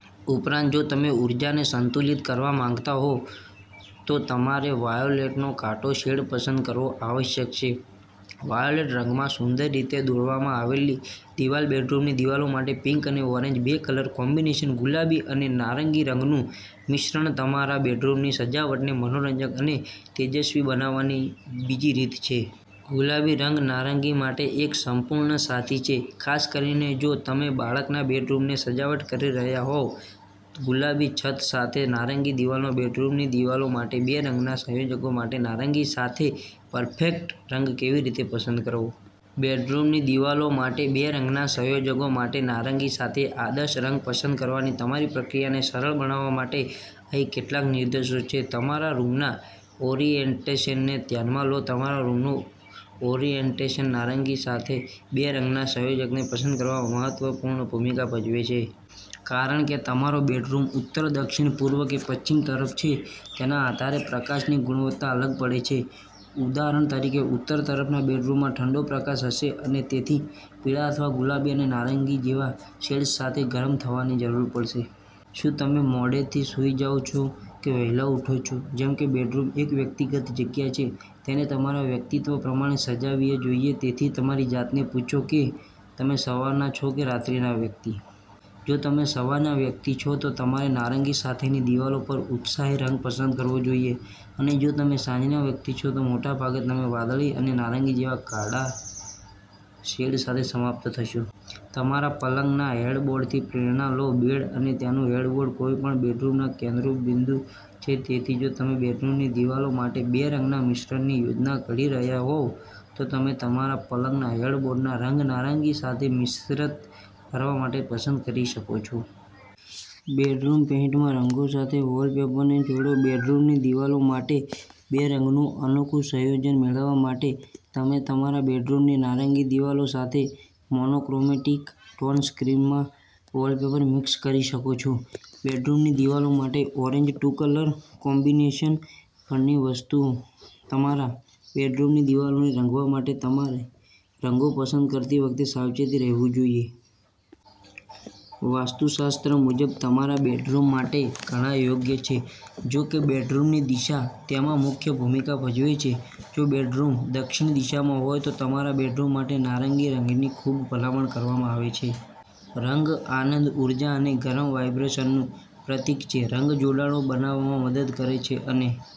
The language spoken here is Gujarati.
ઉપરાંત, જો તમે ઊર્જાને સંતુલિત કરવા માંગતા હો, તો તમારે વાયોલેટનો ઘાટો શેડ પસંદ કરવો આવશ્યક છે. વાયોલેટ રંગમાં સુંદર રીતે દોરવામાં આવેલી દિવાલબેડરૂમની દિવાલો માટે પિંક અને ઓરેન્જ બે કલર કોમ્બિનેશન ગુલાબી અને નારંગી રંગનું મિશ્રણતમારા બેડરૂમની સજાવટને મનોરંજક અને તેજસ્વી બનાવવાની બીજી રીત છે. ગુલાબી રંગ નારંગી માટે એક સંપૂર્ણ સાથી છે, ખાસ કરીને જો તમે બાળકના બેડરૂમને સજાવટ કરી રહ્યાં હોવ. ગુલાબી છત સાથે નારંગી દિવાલો બેડરૂમની દિવાલો માટે બે રંગના સંયોજન માટે નારંગી સાથે પરફેક્ટ રંગ કેવી રીતે પસંદ કરવો? બેડરૂમની દિવાલો માટે બે રંગના સંયોજન માટે નારંગી સાથે આદર્શ રંગ પસંદ કરવાની તમારી પ્રક્રિયાને સરળ બનાવવા માટે, અહીં કેટલાક નિર્દેશો છે. તમારા રૂમના ઓરિએન્ટેશનને ધ્યાનમાં લો તમારા રૂમનું ઓરિએન્ટેશન નારંગી સાથે બે રંગના સંયોજનને પસંદ કરવામાં મહત્વપૂર્ણ ભૂમિકા ભજવે છે. કારણછે કે તમારો બેડરૂમ ઉત્તર, દક્ષિણ, પૂર્વ કે પશ્ચિમ તરફ છે તેના આધારે પ્રકાશની ગુણવત્તા અલગ પડે છે. ઉદાહરણ તરીકે, ઉત્તર તરફના બેડરૂમમાં ઠંડો પ્રકાશ હશે અને તેથી, પીળા અથવા ગુલાબી અને નારંગી જેવા શેડ્સ સાથે ગરમ થવાની જરૂર પડશે. શું તમે મોડેથી સૂઈ જાઓ છો કે વહેલા ઉઠો છો? જેમ કે બેડરૂમ એક વ્યક્તિગત જગ્યા છે, તેને તમારા વ્યક્તિત્વ પ્રમાણે સજાવવી જોઈએ. તેથી, તમારી જાતને પૂછો કે તમે સવારના છો કે રાત્રિના વ્યક્તિ. જો તમે સવારના વ્યક્તિ છો, તો તમારે નારંગી સાથેની દિવાલો પર ઉત્સાહી રંગ પસંદ કરવો જોઈએ, અને જો તમે સાંજના વ્યક્તિ છો, તો મોટા ભાગે તમે વાદળી અને નારંગી જેવા ઘાટા શેડ સાથે સમાપ્ત થશો. તમારા પલંગના હેડબોર્ડથી પ્રેરણા લો બેડ અને તેનું હેડબોર્ડ કોઈપણ બેડરૂમના કેન્દ્રબિંદુ છે. તેથી, જો તમે બેડરૂમની દિવાલો માટે બે રંગના મિશ્રણની યોજના ઘડી રહ્યા હોવ, તો તમે તમારા પલંગના હેડબોર્ડનો રંગ નારંગી સાથે મિશ્રિત કરવા માટે પસંદ કરી શકો છો. બેડરૂમ પેઈન્ટના રંગો સાથે વોલપેપરને જોડો બેડરૂમની દિવાલો માટે બે રંગનું અનોખું સંયોજન મેળવવા માટે, તમે તમારા બેડરૂમની નારંગી દિવાલો સાથે મોનોક્રોમેટિક ટોન સ્કીમ માં વૉલપેપર મિક્સ કરી શકો છો. બેડરૂમની દિવાલો માટે ઓરેન્જ ટુ કલર કોમ્બિનેશન પરની વાસ્તુ તમારા બેડરૂમની દિવાલોને રંગવા માટે, તમારે રંગો પસંદ કરતી વખતે સાવચેત રહેવું જોઈએ. વાસ્તુશાસ્ત્ર મુજબ, તમારા બેડરૂમ માટે ઘણા યોગ્ય છે. જો કે, બેડરૂમની દિશા તેમાં મુખ્ય ભૂમિકા ભજવે છે. જો બેડરૂમ દક્ષિણ દિશામાં હોય તો તમારા બેડરૂમ માટે નારંગી રંગની ખૂબ ભલામણ કરવામાં આવે છે. રંગ આનંદ, ઉર્જા અને ગરમ વાઇબ્સનું પ્રતીક છે. રંગ જોડાણો બનાવવામાં મદદ કરે છે અને